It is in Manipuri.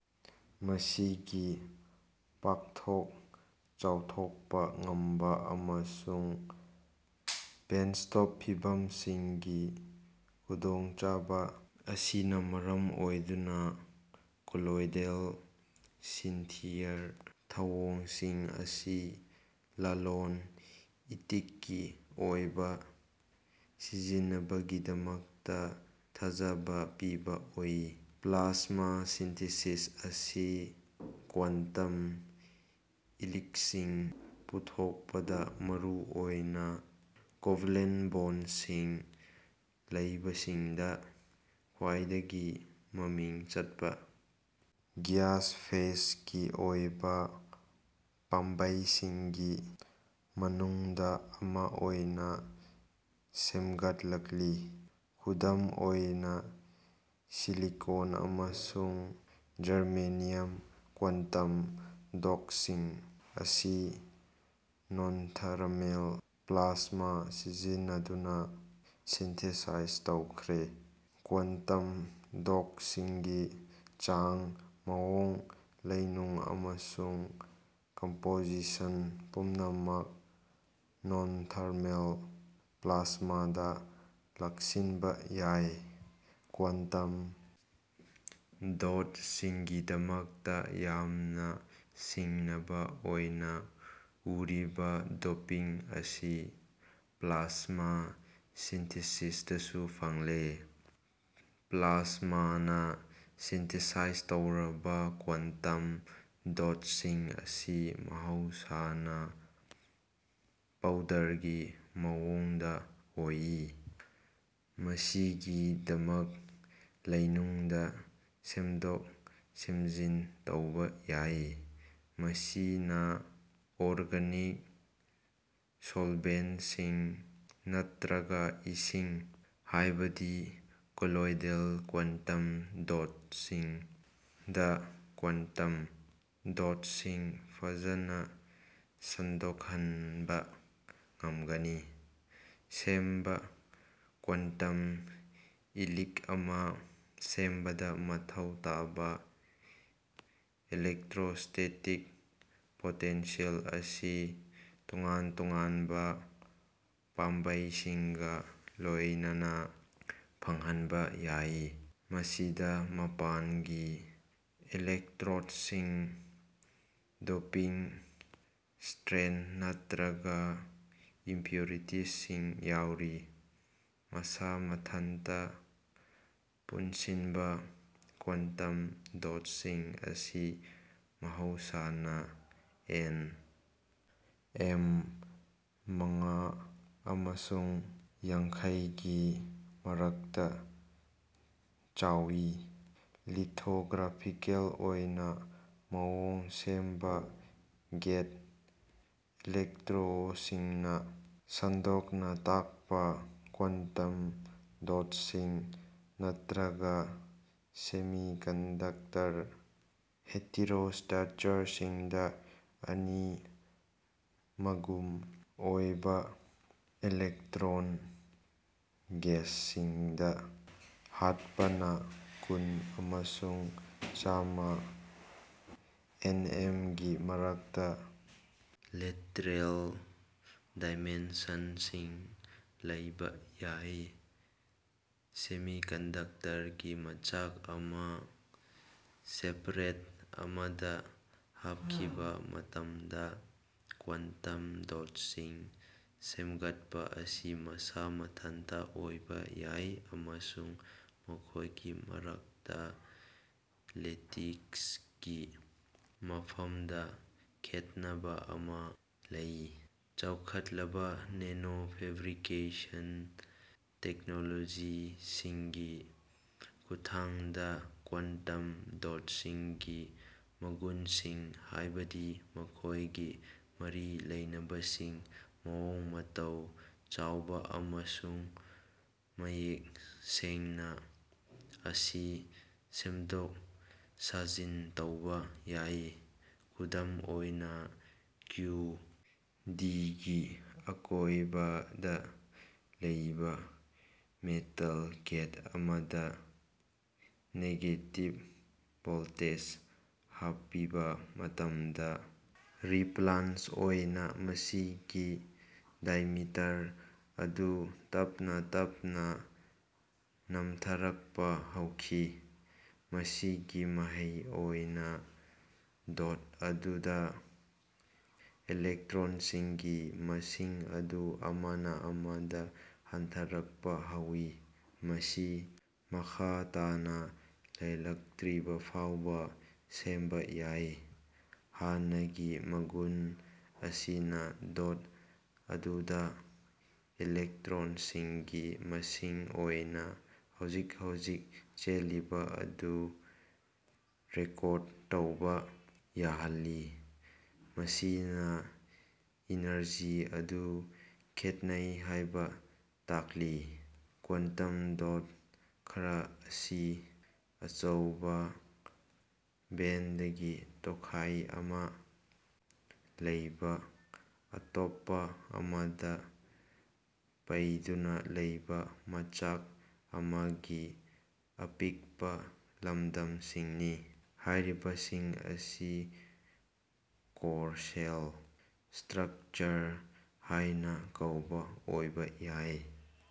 ꯃꯁꯤꯒꯤ ꯄꯥꯛꯊꯣꯛ-ꯆꯥꯎꯊꯣꯛꯄ ꯉꯝꯕ ꯑꯃꯁꯨꯡ ꯕꯦꯟꯆꯇꯣꯞ ꯐꯤꯚꯝꯁꯤꯡꯒꯤ ꯈꯨꯗꯣꯡꯆꯥꯕ ꯑꯁꯤꯅ ꯃꯔꯝ ꯑꯣꯏꯗꯨꯅ ꯀꯣꯂꯣꯏꯗꯦꯜ ꯁꯤꯟꯊꯤꯌꯥꯠ ꯊꯧꯑꯣꯡꯁꯤꯡ ꯑꯁꯤ ꯂꯂꯣꯟ-ꯏꯇꯤꯛꯀꯤ ꯑꯣꯏꯕ ꯁꯤꯖꯤꯟꯅꯕꯒꯤꯗꯃꯛꯇ ꯊꯥꯖꯕ ꯄꯤꯕ ꯑꯣꯏ꯫ ꯄ꯭ꯂꯥꯁꯃꯥ ꯁꯤꯟꯊꯤꯁꯤꯁ ꯑꯁꯤ ꯀ꯭ꯋꯥꯟꯇꯝ ꯏꯂꯤꯛꯁꯤꯡ ꯄꯨꯊꯣꯛꯄꯗ ꯃꯔꯨꯑꯣꯏꯅ ꯀꯣꯚꯂꯦꯟ ꯕꯣꯟꯁꯤꯡ ꯂꯩꯕꯁꯤꯡꯗ ꯈ꯭ꯋꯥꯏꯗꯒꯤ ꯃꯃꯤꯡ ꯆꯠꯄ ꯒ꯭ꯌꯥꯁ-ꯐꯦꯁꯀꯤ ꯑꯣꯏꯕ ꯄꯥꯝꯕꯩꯁꯤꯡꯒꯤ ꯃꯅꯨꯡꯗ ꯑꯃ ꯑꯣꯏꯅ ꯁꯦꯝꯒꯠꯂꯛꯂꯤ꯫ ꯈꯨꯗꯝ ꯑꯣꯏꯅ ꯁꯤꯂꯤꯀꯣꯟ ꯑꯃꯁꯨꯡ ꯖꯔꯃꯦꯅꯤꯌꯝ ꯀ꯭ꯋꯥꯟꯇꯝ ꯗꯣꯠꯁꯤꯡ ꯑꯁꯤ ꯅꯣꯟꯊꯔꯃꯦꯜ ꯄ꯭ꯂꯥꯁꯃꯥ ꯁꯤꯖꯤꯟꯅꯗꯨꯅ ꯁꯤꯟꯊꯦꯁꯥꯏꯖ ꯇꯧꯈ꯭ꯔꯦ꯫ ꯀ꯭ꯋꯥꯟꯇꯝ ꯗꯣꯠꯁꯤꯡꯒꯤ ꯆꯥꯡ, ꯃꯑꯣꯡ, ꯂꯩꯅꯨꯡ ꯑꯃꯁꯨꯡ ꯀꯝꯄꯣꯖꯤꯁꯟ ꯄꯨꯝꯅꯃꯛ ꯅꯣꯟꯊꯔꯃꯦꯜ ꯄ꯭ꯂꯥꯁꯃꯥꯗ ꯂꯥꯛꯁꯤꯟꯕ ꯌꯥꯏ꯫ ꯀ꯭ꯋꯥꯟꯇꯝ ꯗꯣꯠꯁꯤꯡꯒꯤꯗꯃꯛꯇ ꯌꯥꯝꯅ ꯁꯤꯡꯅꯕ ꯑꯣꯏꯅ ꯎꯔꯤꯕ ꯗꯣꯄꯤꯡ ꯑꯁꯤ ꯄ꯭ꯂꯥꯁꯃꯥ ꯁꯤꯟꯊꯤꯁꯤꯁꯗꯁꯨ ꯐꯪꯂꯦ꯫ ꯄ꯭ꯂꯥꯁꯃꯥꯅ ꯁꯤꯟꯊꯦꯁꯥꯏꯖ ꯇꯧꯔꯕ ꯀ꯭ꯋꯥꯟꯇꯝ ꯗꯣꯠꯁꯤꯡ ꯑꯁꯤ ꯃꯍꯧꯁꯥꯅ ꯄꯧꯗꯔꯒꯤ ꯃꯑꯣꯡꯗ ꯑꯣꯏ, ꯃꯁꯤꯒꯤꯗꯃꯛ ꯂꯩꯅꯨꯡꯗ ꯁꯦꯝꯗꯣꯛ-ꯁꯦꯝꯖꯤꯟ ꯇꯧꯕ ꯌꯥꯏ꯫ ꯃꯁꯤꯅ ꯑꯣꯔꯒꯅꯤꯛ ꯁꯣꯜꯚꯦꯟꯠꯁꯤꯡ ꯅꯠꯇ꯭ꯔꯒ ꯏꯁꯤꯡ (ꯍꯥꯏꯕꯗꯤ colloidal quantum dots) the quantum ꯗꯣꯠꯁꯤꯡ ꯐꯖꯅ ꯁꯟꯗꯣꯛꯍꯟꯕ ꯉꯝꯒꯅꯤ꯫ ꯁꯦꯝꯕ ꯀ꯭ꯋꯥꯟꯇꯝ ꯏꯂꯤꯛ ꯑꯃ ꯁꯦꯝꯕꯗ ꯃꯊꯧ ꯇꯥꯕ ꯏꯂꯦꯛꯇ꯭ꯔꯣꯁ꯭ꯇꯦꯇꯤꯛ ꯄꯣꯇꯦꯟꯁꯦꯜ ꯑꯁꯤ ꯇꯣꯉꯥꯟ ꯇꯣꯉꯥꯟꯕ ꯄꯥꯝꯕꯩꯁꯤꯡꯒ ꯂꯣꯏꯅꯅ ꯐꯪꯍꯟꯕ ꯌꯥꯏ꯫ ꯃꯁꯤꯗ ꯃꯄꯥꯟꯒꯤ ꯏꯂꯦꯛꯇ꯭ꯔꯣꯗꯁꯤꯡ, ꯗꯣꯄꯤꯡ, ꯁ꯭ꯇꯔꯦꯟ, ꯅꯠꯇ꯭ꯔꯒ ꯏꯝꯄꯨꯔꯤꯇꯤꯁꯤꯡ ꯌꯥꯎꯔꯤ꯫ ꯃꯁꯥ ꯃꯊꯟꯇ ꯄꯨꯟꯁꯤꯟꯕ ꯀ꯭ꯋꯥꯟꯇꯝ ꯗꯣꯠꯁꯤꯡ ꯑꯁꯤ ꯃꯍꯧꯁꯥꯅ ꯑꯦꯟ. ꯑꯦꯝ. ꯃꯉꯥ ꯑꯃꯁꯨꯡ ꯌꯥꯡꯈꯩ ꯒꯤ ꯃꯔꯛꯇ ꯆꯥꯎꯏ꯫ ꯂꯤꯊ꯭ꯔꯣꯒ꯭ꯔꯥꯐꯤꯀꯦꯜ ꯑꯣꯏꯅ ꯃꯑꯣꯡ ꯁꯦꯝꯕ ꯒꯦꯠ ꯏꯂꯦꯛꯇ꯭ꯔꯣꯗꯁꯤꯡꯅ ꯁꯟꯗꯣꯛꯅ ꯇꯥꯛꯄ ꯀ꯭ꯋꯥꯟꯇꯝ ꯗꯣꯠꯁꯤꯡ, ꯅꯠꯇ꯭ꯔꯒ ꯁꯦꯃꯤꯀꯟꯗꯛꯇꯔ ꯍꯦꯇꯦꯔꯣꯁ꯭ꯇꯔꯛꯆꯔꯁꯤꯡꯗ ꯑꯅꯤ ꯃꯒꯨꯟ ꯑꯣꯏꯕ ꯏꯂꯦꯛꯇ꯭ꯔꯣꯟ ꯒꯦꯁꯁꯤꯡꯗ ꯍꯛꯄꯅ ꯀꯨꯟ ꯑꯃꯁꯨꯡ ꯆꯥꯃ ꯑꯦꯟ. ꯑꯦꯝ. ꯒꯤ ꯃꯔꯛꯇ ꯂꯦꯇꯔꯦꯜ ꯗꯥꯏꯃꯦꯟꯁꯟꯁꯤꯡ ꯂꯩꯕ ꯌꯥꯏ꯫ ꯁꯦꯃꯤꯀꯟꯗꯛꯇꯔꯒꯤ ꯃꯆꯥꯛ ꯑꯃ ꯁꯕꯁ꯭ꯇꯔꯦꯠ ꯑꯃꯗ ꯍꯥꯞꯈꯤꯕ ꯃꯇꯝꯗ ꯀ꯭ꯋꯥꯟꯇꯝ ꯗꯣꯠꯁꯤꯡ ꯁꯦꯝꯒꯠꯄ ꯑꯁꯤ ꯃꯁꯥ ꯃꯊꯟꯇ ꯑꯣꯏꯕ ꯌꯥꯏ ꯑꯃꯁꯨꯡ ꯃꯈꯣꯏꯒꯤ ꯃꯔꯛꯇ ꯂꯦꯇꯤꯁꯀꯤ ꯃꯐꯝꯗ ꯈꯦꯠꯅꯕ ꯑꯃ ꯂꯩ꯫ ꯆꯥꯎꯈꯠꯂꯕ ꯅꯦꯅꯣꯐꯦꯕ꯭ꯔꯤꯀꯦꯁꯟ ꯇꯦꯛꯅꯣꯂꯣꯖꯤꯁꯤꯡꯒꯤ ꯈꯨꯠꯊꯥꯡꯗ ꯀ꯭ꯋꯥꯟꯇꯝ ꯗꯣꯠꯁꯤꯡꯒꯤ ꯃꯒꯨꯟꯁꯤꯡ ꯍꯥꯏꯕꯗꯤ ꯃꯈꯣꯏꯒꯤ ꯃꯔꯤ ꯂꯩꯅꯕꯁꯤꯡ ꯃꯑꯣꯡ-ꯃꯇꯧ ꯆꯥꯎꯕ ꯑꯃꯁꯨꯡ ꯃꯌꯦꯛ ꯁꯦꯡꯕ ꯑꯁꯤ ꯁꯦꯝꯗꯣꯛ ꯁꯥꯖꯤꯟ ꯇꯧꯕ ꯌꯥꯏ꯫ ꯈꯨꯗꯝ ꯑꯣꯏꯅ, ꯀ꯭ꯌꯨ. ꯗꯤ. ꯒꯤ ꯑꯀꯣꯏꯕꯗ ꯂꯩꯕ ꯃꯦꯇꯥꯜ ꯒꯦꯠ ꯑꯃꯗ ꯅꯦꯒꯦꯇꯤꯕ ꯚꯣꯜꯇꯦꯖ ꯍꯥꯞꯄꯤꯕ ꯃꯇꯝꯗ, ꯔꯤꯄ꯭ꯂꯥꯟꯁ ꯑꯣꯏꯅ, ꯃꯁꯤꯒꯤ ꯗꯥꯏꯃꯤꯇꯔ ꯑꯗꯨ ꯇꯞꯅ ꯇꯞꯅ ꯅꯝꯊꯔꯛꯄ ꯍꯧꯋꯤ꯫ ꯃꯁꯤꯒꯤ ꯃꯍꯩ ꯑꯣꯏꯅ ꯗꯣꯠ ꯑꯗꯨꯗ ꯏꯂꯦꯛꯇ꯭ꯔꯣꯟꯁꯤꯡꯒꯤ ꯃꯁꯤꯡ ꯑꯗꯨ ꯑꯃꯅ ꯑꯃꯗ ꯍꯟꯊꯔꯛꯄ ꯍꯧꯏ, ꯃꯁꯤ ꯃꯈꯥ ꯇꯥꯅ ꯂꯩꯔꯛꯇ꯭ꯔꯤꯐꯥꯎꯕ ꯁꯦꯝꯕ ꯌꯥꯏ꯫ ꯍꯥꯟꯅꯒꯤ ꯃꯒꯨꯟ ꯑꯁꯤꯅ ꯗꯣꯠ ꯑꯗꯨꯗ ꯏꯂꯦꯛꯇ꯭ꯔꯣꯟꯁꯤꯡꯒꯤ ꯃꯁꯤꯡ ꯑꯣꯏꯅ ꯍꯧꯖꯤꯛ-ꯍꯧꯖꯤꯛ ꯆꯦꯜꯂꯤꯕ ꯑꯗꯨ ꯔꯦꯀꯣꯔ꯭ꯗ ꯇꯧꯕ ꯌꯥꯍꯜꯂꯤ, ꯃꯁꯤꯅ ꯏꯅꯔꯖꯤ ꯑꯗꯨ ꯈꯦꯠꯅꯩ ꯍꯥꯏꯕ ꯇꯥꯛꯂꯤ꯫ ꯀ꯭ꯋꯥꯟꯇꯝ ꯗꯣꯠ ꯈꯔ ꯑꯁꯤ ꯑꯆꯧꯕ ꯕꯦꯟꯗꯒꯤ ꯇꯣꯈꯥꯏ ꯑꯃ ꯂꯩꯕ ꯑꯇꯣꯞꯄ ꯑꯃꯗ ꯄꯩꯗꯨꯅ ꯂꯩꯕ ꯃꯆꯥꯛ ꯑꯃꯒꯤ ꯑꯄꯤꯛꯄ ꯂꯝꯗꯝꯁꯤꯡꯅꯤ꯫ ꯍꯥꯏꯔꯤꯕꯁꯤꯡ ꯑꯁꯤ ꯀꯣꯔ-ꯁꯦꯜ ꯁ꯭ꯇꯔꯛꯆꯔ ꯍꯥꯏꯅ ꯀꯧꯕ ꯑꯣꯏꯕ ꯌꯥꯏ꯫